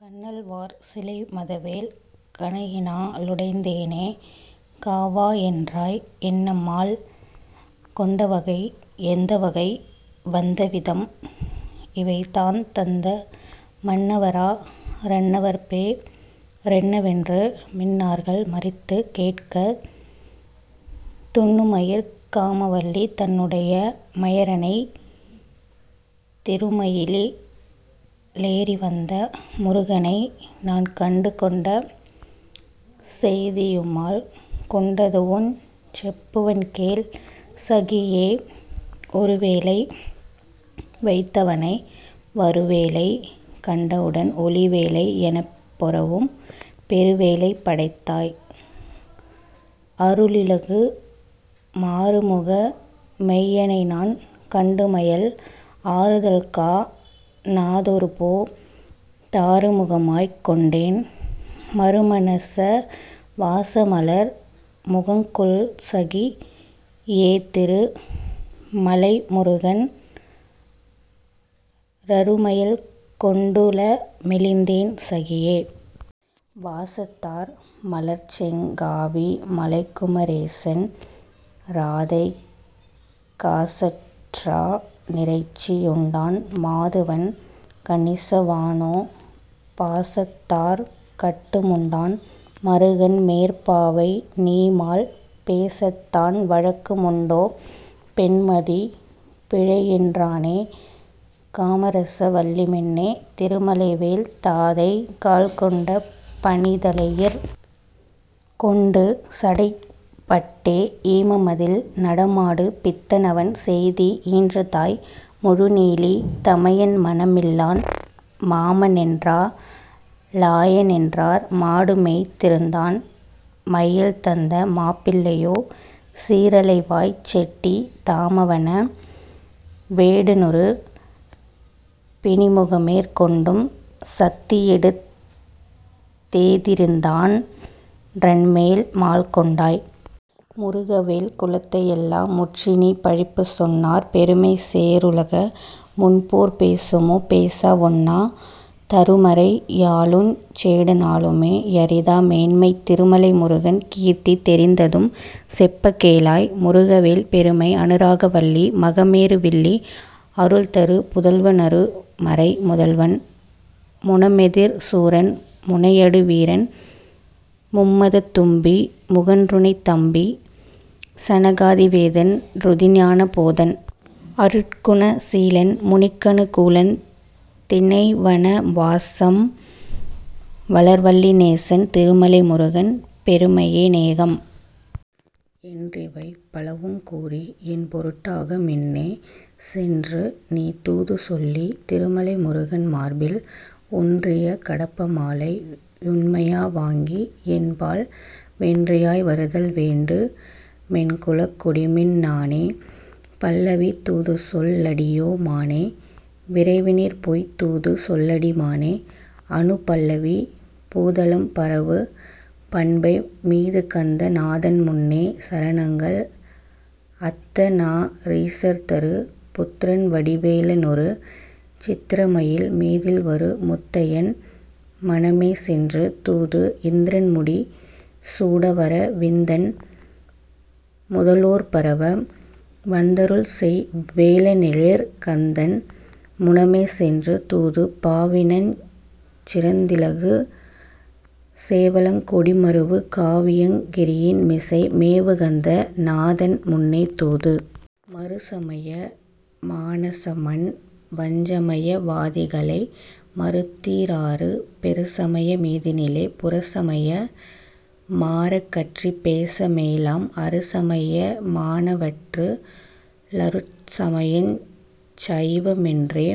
கன்னல்வார் சிலைமதவேள் கணையினா லுடைந்தேனே காவா யென்றாய் என்னமால் கொண்டவகை யெந்தவகை வந்தவிதம் இவைதாந் தந்த மன்னவரா ரன்னவர்பே ரென்னவென்று மின்னார்கள் மறித்துக் கேட்கத்। துன்னுமயிற் காமவல்லி தன்னுடைய மையறனைச் திருமயிலி லேறிவந்த முருகனைநான் கண்டுகொண்ட செய்தியுமால் கொண்டதுவுஞ் செப்புவன்கேள் சகியே ஒருவேலை வைத்தவனை வருவேலை கண்டவுடன் ஒலிவேலை யெனப்பொரவும் பெருவேலை படைத்தாய் அறுளிலகு மாறுமுக மெய்யனைநான் கண்டுமயல் ஆறுதல்கா ணாதொருபோ தாறுமுகமாய்க் கொண்டேன் மருமனச வாசமலர் முகங்கொள்சகி யேதிரு மலைமுருகன் றருமயல்கொண் டுளமெலிந்தேன் சகியே..... வாசத்தார் மலர்ச்செங் காவி மலைக்குமரேசன் றாதை காசற்றா னிறைச்சி யுண்டான் மாதுவன் கணிச வானோ பாசத்தாற் கட்டு முண்டான் மருகன்மேற் பாவை நீமால் பேசத்தான் வழக்கு முண்டோ பெண்மதி பிழையென்றானே..... காமரச வல்லிமின்னே திருமலைவேள் தாதை கால்கொண்ட பணிதலையிற் கொண்டுசடைப் பட்டே ஈமமதில் நடமாடு பித்தனவன் செய்தி ஈன்றதாய் முழுநீலி தமயன்மண மில்லான் மாமனென்றா லாயனென்றார் மாடுமேய்த் திருந்தான் மையல்தந்த மாப்பிள்ளையோ சீரலைவாய்ச் செட்டி தாமவன வேடனுறு பிணிமுகமேற் கொண்டும் சத்தியெடுத் தேதிரிந்தான் றன்மேல் மால்கொண்டாய்..... முருகவேள் குலத்தையெல்லா முற்றிநீ பழிப்புச் சொன்னாற் பெருமைசே ருலக முன்போற் பேசுமோ பேச வொண்ணா தருமறை யாலுஞ் சேட னாலுமே யரிதா மேன்மைத் திருமலை முருகன் கீர்த்தி தெரிந்தது செப்பக் கேளாய்..... முருகவேள் பெருமை அனுராக வல்லி மகமேரு வில்லி அருள்தரு புதல்வ னருமறை முதல்வன் முனமெதிர் சூரன் முனையடு வீரன் மும்மதத் தும்பி முகன்றுணைத் தம்பி சனகாதி வேதன் றுதிஞான போதன் அருட்குண சீலன் முனிக்கனு கூலன் தினைவன வாசம் வளர்வல்லி நேசன் திருமலை முருகன் பெருமைய நேகம்..... என்றிவை பலவுங் கூறி யென்பொருட் டாக மின்னே சென்றுநீ தூதுசொல்லித் திருமலை முருகன் மார்பில் ஒன்றிய கடப்ப மாலை யுண்மையா வாங்கி யென்பால் வென்றியாய் வருதல்வேண்டு மென்குலக் கொடிமின் னானே..... பல்லவி தூதுசொல் லடியோ மானே விரைவினிற்போய்த் தூது சொல்லடி மானே அநுபல்லவி பூதலம் பரவு பண்பை மீதுகந்த நாதன்முன்னே சரணங்கள் அத்தநா ரீசர்தரு புத்ரன்வடி வேலனொரு சித்ரமயில் மீதில்வரு முத்தையன் முனமேசென்று தூது இந்த்ரன்முடி சூடவர விந்தன் முத லோற்பரவ வந்தருள் செய் வேலனெழிற் கந்தன் முனமேசென்று தூது பாவினஞ் சிறந்திலகு சேவலங் கொடிமருவு காவியங் கிரியின்மிசை மேவுகந்த நாதன்முன்னே தூது.... மறுசமய மானசமண் வஞ்சமய வாதிகளை மறுத்தீ ராறு பெறுசமய மீதினிலே புறச்சமய மாறகற்றிப் பேச மேலாம் அறுசமய மானவற்று ளருட் சமயஞ் சைவமென்றே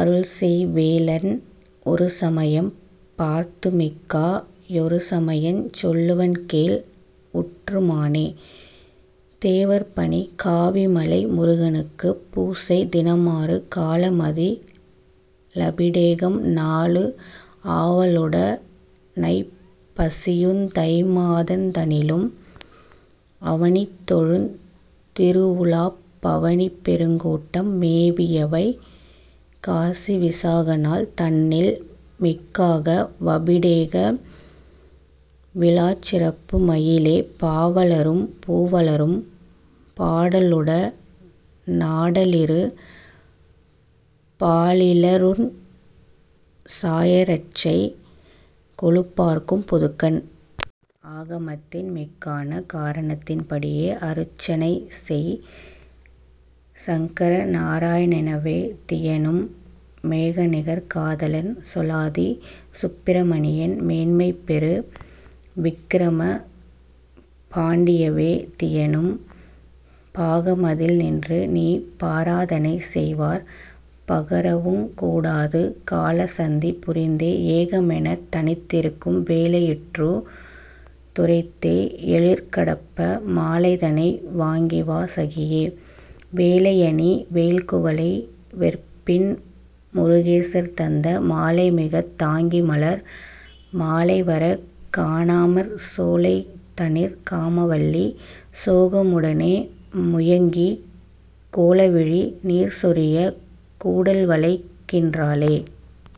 அருள்செய் வேலன் உறுசமயம் பார்த்துமிக்கா யொருசமயஞ் சொல்லுவன்கேள் உற்று மானே..... தேவர்பணி காவிமலை முருகனுக்குப் பூசை தினமாறு காலமதி லபிடேகம் நாலு ஆவலுட னைப்பசியுந் தைமாதந் தனிலும் அவனிதொழுந் திருவுலாப் பவனிபெருங் கூட்டம் மேவியவை காசி விசாகநாள் தன்னில் மிக்காக வபிடேக விழாச்சிறப்பு மயிலே பாவலரும் பூவலரும் பாடலுட னாடலிரு பாலிலருஞ் சாயரட்சை கொலுப்பார்க்கும் பொதுக்காண்.... ஆகமத்தின் மிக்கான காரணத்தின் படியே அருச்சனைசெய் சங்கரநா ராயணெனவே தியனும் மேகநிகர் காதலன்சொ லாதிசுப்பி ரமணியன் மேன்மைபெறு விக்கிரம பாண்டியவே தியனும் பாகமதில் நின்றுநீ பாராதனை செய்வார் பகரவுங் கூடாது காலசந்தி புரிந்தே ஏகமெனத் தனித்திருக்கும் வேளையிற்றூ துரைத்தே எழிற்கடப்ப மாலைதனை வாங்கிவா சகியே..... வேலையணி வேள்குவளை வெற்பின்முரு கேசர்தந்த மாலைமிகத் தாங்கிமலர் மாலைவரக் காணாமற் சோலைதனிற் காமவல்லி சோகமுட னேமுயங்கிக் கோலவிழி நீர்சொரியக் கூடல்வளைக் கின்றாளே.....